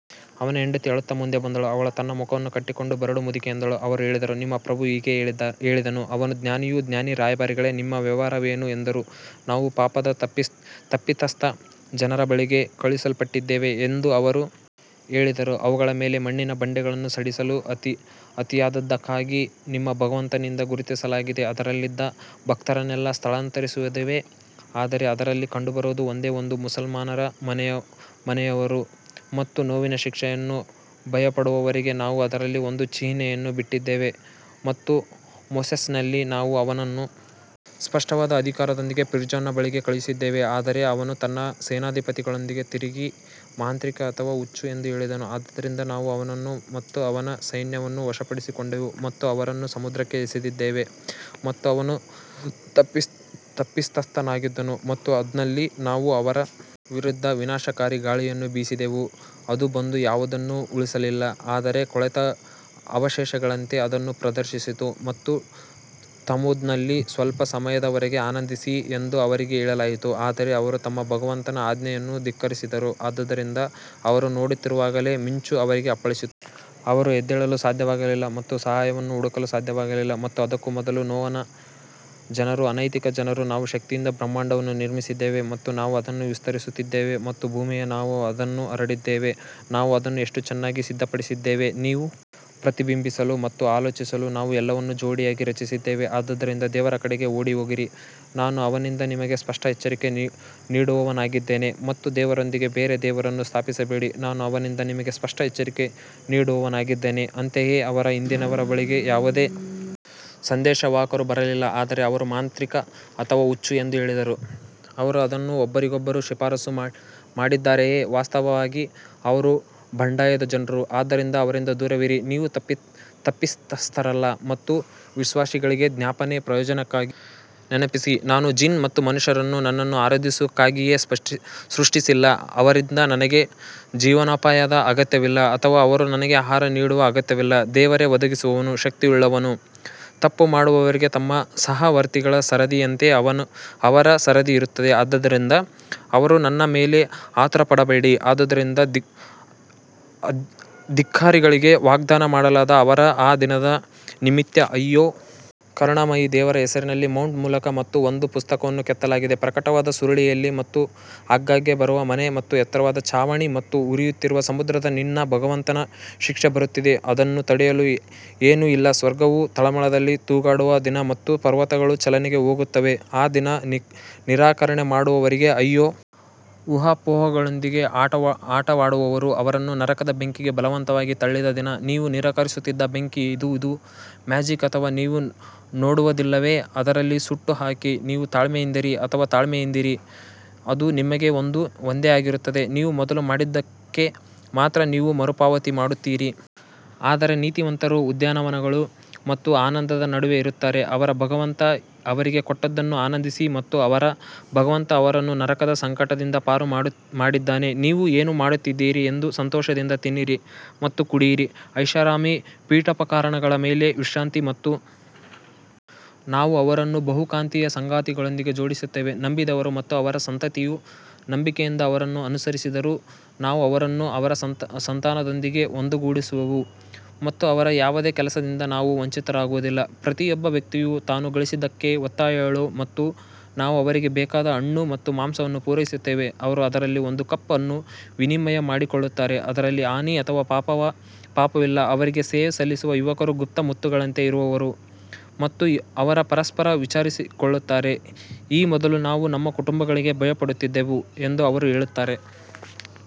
ಅವನ ಹೆಂಡತಿ ಅಳುತ್ತಾ ಮುಂದೆ ಬಂದಳು ಅವಳು ತನ್ನ ಮುಖವನ್ನು ಕಟ್ಟಿಕೊಂಡು ಬರಡು ಮುದುಕಿ ಎಂದಳು ಅವರು ಹೇಳಿದರು ನಿಮ್ಮ ಪ್ರಭು ಹೀಗೆ ಹೇಳಿದನು ಅವನು ಜ್ಞಾನಿಯು ಜ್ಞಾನಿ ರಾಯಭಾರಿಗಳೇ ನಿಮ್ಮ ವ್ಯವಹಾರವೇನು ಎಂದರು ನಾವು ಪಾಪದ ತಪ್ಪಿತಸ್ಥ ಜನರ ಬಳಿಗೆ ಕಳುಹಿಸಲ್ಪಟ್ಟಿದ್ದೇವೆ ಎಂದು ಅವರು ಹೇಳಿದರು ಅವುಗಳ ಮೇಲೆ ಮಣ್ಣಿನ ಬಂಡೆಗಳನ್ನು ಸಡಿಲಿಸಲು ಅತಿಯಾದದ್ದಕ್ಕಾಗಿ ನಿಮ್ಮ ಭಗವಂತನಿಂದ ಗುರುತಿಸಲಾಗಿದೆ ಅದರಲ್ಲಿದ್ದ ಭಕ್ತರನ್ನೆಲ್ಲ ಸ್ಥಳಾಂತರಿಸಿದೆವು ಆದರೆ ಅದರಲ್ಲಿ ಕಂಡುಬರುವುದು ಒಂದೇ ಒಂದು ಮುಸಲ್ಮಾನರ ಮನೆಯವರು ಮತ್ತು ನೋವಿನ ಶಿಕ್ಷೆಯನ್ನು ಭಯಪಡುವವರಿಗೆ ನಾವು ಅದರಲ್ಲಿ ಒಂದು ಚಿಹ್ನೆಯನ್ನು ಬಿಟ್ಟಿದ್ದೇವೆ ಮತ್ತು ಮೋಸೆಸ್ನಲ್ಲಿ ನಾವು ಅವನನ್ನು ಸ್ಪಷ್ಟವಾದ ಅಧಿಕಾರದೊಂದಿಗೆ ಫಿರ್ಔನ್ನ ಬಳಿಗೆ ಕಳುಹಿಸಿದ್ದೇವೆ ಆದರೆ ಅವನು ತನ್ನ ಸೇನಾಧಿಪತಿಗಳೊಂದಿಗೆ ತಿರುಗಿ ಮಾಂತ್ರಿಕ ಅಥವಾ ಹುಚ್ಚು ಎಂದು ಹೇಳಿದನು ಆದ್ದರಿಂದ ನಾವು ಅವನನ್ನು ಮತ್ತು ಅವನ ಸೈನ್ಯವನ್ನು ವಶಪಡಿಸಿಕೊಂಡೆವು ಮತ್ತು ಅವರನ್ನು ಸಮುದ್ರಕ್ಕೆ ಎಸೆದಿದ್ದೇವೆ ಮತ್ತು ಅವನು ತಪ್ಪಿತಸ್ಥನಾಗಿದ್ದನು ಮತ್ತು ಆದ್ನಲ್ಲಿ ನಾವು ಅವರ ವಿರುದ್ಧ ವಿನಾಶಕಾರಿ ಗಾಳಿಯನ್ನು ಬೀಸಿದೆವು ಅದು ಬಂದ ಯಾವುದನ್ನೂ ಉಳಿಸಲಿಲ್ಲ ಆದರೆ ಕೊಳೆತ ಅವಶೇಷಗಳಂತೆ ಅದನ್ನು ಪ್ರದರ್ಶಿಸಿತು ಮತ್ತು ತಮೂದ್ನಲ್ಲಿ ಸ್ವಲ್ಪ ಸಮಯದವರೆಗೆ ಆನಂದಿಸಿ ಎಂದು ಅವರಿಗೆ ಹೇಳಲಾಯಿತು ಆದರೆ ಅವರು ತಮ್ಮ ಭಗವಂತನ ಆಜ್ಞೆಯನ್ನು ಧಿಕ್ಕರಿಸಿದರು, ಆದ್ದರಿಂದ ಅವರು ನೋಡುತ್ತಿರುವಾಗಲೇ ಮಿಂಚು ಅವರಿಗೆ ಅಪ್ಪಳಿಸಿತು ಅವರು ಎದ್ದೇಳಲು ಸಾಧ್ಯವಾಗಲಿಲ್ಲ ಮತ್ತು ಸಹಾಯವನ್ನು ಹುಡುಕಲು ಸಾಧ್ಯವಾಗಲಿಲ್ಲ ಮತ್ತು ಅದಕ್ಕೂ ಮೊದಲು ನೋಹನ ಜನರು ಅನೈತಿಕ ಜನರು ನಾವು ಶಕ್ತಿಯಿಂದ ಬ್ರಹ್ಮಾಂಡವನ್ನು ನಿರ್ಮಿಸಿದ್ದೇವೆ ಮತ್ತು ನಾವು ಅದನ್ನು ವಿಸ್ತರಿಸುತ್ತಿದ್ದೇವೆ ಮತ್ತು ಭೂಮಿಯು ನಾವು ಅದನ್ನು ಹರಡಿದ್ದೇವೆ ನಾವು ಅದನ್ನು ಎಷ್ಟು ಚೆನ್ನಾಗಿ ಸಿದ್ಧಪಡಿಸಿದ್ದೇವೆ ನೀವು ಪ್ರತಿಬಿಂಬಿಸಲು ಮತ್ತು ಆಲೋಚಿಸಲು ನಾವು ಎಲ್ಲವನ್ನೂ ಜೋಡಿಯಾಗಿ ರಚಿಸಿದ್ದೇವೆ ಆದ್ದರಿಂದ ದೇವರ ಕಡೆಗೆ ಓಡಿಹೋಗಿರಿ, ನಾನು ಅವನಿಂದ ನಿಮಗೆ ಸ್ಪಷ್ಟ ಎಚ್ಚರಿಕೆ ನೀಡುವವನಾಗಿದ್ದೇನೆ ಮತ್ತು ದೇವರೊಂದಿಗೆ ಬೇರೆ ದೇವರನ್ನು ಸ್ಥಾಪಿಸಬೇಡಿ, ನಾನು ಅವನಿಂದ ನಿಮಗೆ ಸ್ಪಷ್ಟ ಎಚ್ಚರಿಕೆ ನೀಡುವವನಾಗಿದ್ದೇನೆ ಅಂತೆಯೇ ಅವರ ಹಿಂದಿನವರ ಬಳಿಗೆ ಯಾವುದೇ ಸಂದೇಶವಾಹಕರು ಬರಲಿಲ್ಲ ಆದರೆ ಅವರು ಮಾಂತ್ರಿಕ ಅಥವಾ ಹುಚ್ಚು ಎಂದು ಹೇಳಿದರು ಅವರು ಅದನ್ನು ಒಬ್ಬರಿಗೊಬ್ಬರು ಶಿಫಾರಸು ಮಾಡಿದ್ದಾರೆಯೇ ವಾಸ್ತವವಾಗಿ ಅವರು ಬಂಡಾಯದ ಜನರು ಆದ್ದರಿಂದ ಅವರಿಂದ ದೂರವಿರಿ, ನೀವು ತಪ್ಪಿತಸ್ಥರಲ್ಲ ಮತ್ತು ವಿಶ್ವಾಸಿಗಳಿಗೆ ಜ್ಞಾಪನೆ ಪ್ರಯೋಜನಕ್ಕಾಗಿ ನೆನಪಿಸಿ ನಾನು ಜಿನ್ ಮತ್ತು ಮನುಷ್ಯರನ್ನು ನನ್ನನ್ನು ಆರಾಧಿಸುವುದಕ್ಕಾಗಿಯೇ ಸೃಷ್ಟಿಸಿಲ್ಲ ಅವರಿಂದ ನನಗೆ ಜೀವನೋಪಾಯದ ಅಗತ್ಯವಿಲ್ಲ ಅಥವಾ ಅವರು ನನಗೆ ಆಹಾರ ನೀಡುವ ಅಗತ್ಯವಿಲ್ಲ ದೇವರೇ ಒದಗಿಸುವವನು ಶಕ್ತಿಯುಳ್ಳವನು ತಪ್ಪು ಮಾಡುವವರಿಗೆ ತಮ್ಮ ಸಹವರ್ತಿಗಳ ಸರದಿಯಂತೆ ಅವರ ಸರದಿ ಇರುತ್ತದೆ ಆದ್ದರಿಂದ ಅವರು ನನ್ನ ಮೇಲೆ ಆತುರಪಡಬೇಡಿ ಆದುದರಿಂದ ಧಿಕ್ಕಾರಿಗಳಿಗೆ ವಾಗ್ದಾನ ಮಾಡಲಾದ ಅವರ ಆ ದಿನದ ನಿಮಿತ್ತ ಅಯ್ಯೋ! ಕರುಣಾಮಯಿ ದೇವರ ಹೆಸರಿನಲ್ಲಿ ಮೌಂಟ್ ಮೂಲಕ ಮತ್ತು ಒಂದು ಪುಸ್ತಕವನ್ನು ಕೆತ್ತಲಾಗಿದೆ ಪ್ರಕಟವಾದ ಸುರುಳಿಯಲ್ಲಿ ಮತ್ತು ಆಗಾಗ್ಗೆ ಬರುವ ಮನೆ ಮತ್ತು ಎತ್ತರದ ಛಾವಣಿ ಮತ್ತು ಉರಿಯುತ್ತಿರುವ ಸಮುದ್ರ ನಿನ್ನ ಭಗವಂತನ ಶಿಕ್ಷೆ ಬರುತ್ತಿದೆ ಅದನ್ನು ತಡೆಯಲು ಏನೂ ಇಲ್ಲ ಸ್ವರ್ಗವು ತಳಮಳದಲ್ಲಿ ತೂಗಾಡುವ ದಿನ ಮತ್ತು ಪರ್ವತಗಳು ಚಲನೆಗೆ ಹೋಗುತ್ತವೆ ಆ ದಿನ ನಿರಾಕರಣೆ ಮಾಡುವವರಿಗೆ ಅಯ್ಯೋ! ಊಹಾಪೋಹಗಳೊಂದಿಗೆ ಆಟವಾಡುವವರು ಅವರನ್ನು ನರಕದ ಬೆಂಕಿಗೆ ಬಲವಂತವಾಗಿ ತಳ್ಳಿದ ದಿನ ನೀವು ನಿರಾಕರಿಸುತ್ತಿದ್ದ ಬೆಂಕಿ ಇದು ಇದು ಮ್ಯಾಜಿಕ್ ಅಥವಾ ನೀವು ನೋಡುವುದಿಲ್ಲವೇ ಅದರಲ್ಲಿ ಸುಟ್ಟುಹಾಕಿ, ನೀವು ತಾಳ್ಮೆಯಿಂದಿರಿ ಅಥವಾ ತಾಳ್ಮೆಯಿಂದಿರಿ, ಅದು ನಿಮಗೆ ಒಂದೇ ಆಗಿರುತ್ತದೆ, ನೀವು ಮೊದಲು ಮಾಡಿದ್ದಕ್ಕೆ ಮಾತ್ರ ನೀವು ಮರುಪಾವತಿ ಮಾಡುತ್ತೀರಿ. ಆದರೆ ನೀತಿವಂತರು ಉದ್ಯಾನವನಗಳು ಮತ್ತು ಆನಂದದ ನಡುವೆ ಇರುತ್ತಾರೆ ಅವರ ಭಗವಂತ ಅವರಿಗೆ ಕೊಟ್ಟದ್ದನ್ನು ಆನಂದಿಸಿ ಮತ್ತು ಅವರ ಭಗವಂತ ಅವರನ್ನು ನರಕದ ಸಂಕಟದಿಂದ ಪಾರು ಮಾಡಿದ್ದಾನೆ ನೀವು ಏನು ಮಾಡುತ್ತಿದ್ದೀರಿ ಎಂದು ಸಂತೋಷದಿಂದ ತಿನ್ನಿರಿ ಮತ್ತು ಕುಡಿಯಿರಿ ಐಷಾರಾಮಿ ಪೀಠೋಪಕರಣಗಳ ಮೇಲೆ ವಿಶ್ರಾಂತಿ ಮತ್ತು ನಾವು ಅವರನ್ನು ಬಹುಕಾಂತೀಯ ಸಂಗಾತಿಗಳೊಂದಿಗೆ ಜೋಡಿಸುತ್ತೇವೆ ನಂಬಿದವರು ಮತ್ತು ಅವರ ಸಂತತಿಯು ನಂಬಿಕೆಯಿಂದ ಅವರನ್ನು ಅನುಸರಿಸಿದರು ನಾವು ಅವರನ್ನು ಅವರ ಸಂತಾನದೊಂದಿಗೆ ಒಂದುಗೂಡಿಸುವೆವು ಮತ್ತು ಅವರ ಯಾವುದೇ ಕೆಲಸದಿಂದ ನಾವು ವಂಚಿತರಾಗುವುದಿಲ್ಲ ಪ್ರತಿಯೊಬ್ಬ ವ್ಯಕ್ತಿಯು ತಾನು ಗಳಿಸಿದ್ದಕ್ಕೆ ಒತ್ತೆಯಾಳು ಮತ್ತು ನಾವು ಅವರಿಗೆ ಬೇಕಾದ ಹಣ್ಣು ಮತ್ತು ಮಾಂಸವನ್ನು ಪೂರೈಸುತ್ತೇವೆ ಅವರು ಅದರಲ್ಲಿ ಒಂದು ಕಪ್ ಅನ್ನು ವಿನಿಮಯ ಮಾಡಿಕೊಳ್ಳುತ್ತಾರೆ, ಅದರಲ್ಲಿ ಹಾನಿ ಅಥವಾ ಪಾಪವಿಲ್ಲ ಅವರಿಗೆ ಸೇವೆ ಸಲ್ಲಿಸುವ ಯುವಕರು ಗುಪ್ತ ಮುತ್ತುಗಳಂತೆ ಇರುವರು ಮತ್ತು ಅವರು ಪರಸ್ಪರ ವಿಚಾರಿಸಿಕೊಳ್ಳುತ್ತಾರೆ ಈ ಮೊದಲು ನಾವು ನಮ್ಮ ಕುಟುಂಬಗಳಿಗೆ ಭಯಪಡುತ್ತಿದ್ದೆವು ಎಂದು ಅವರು ಹೇಳುತ್ತಾರೆ.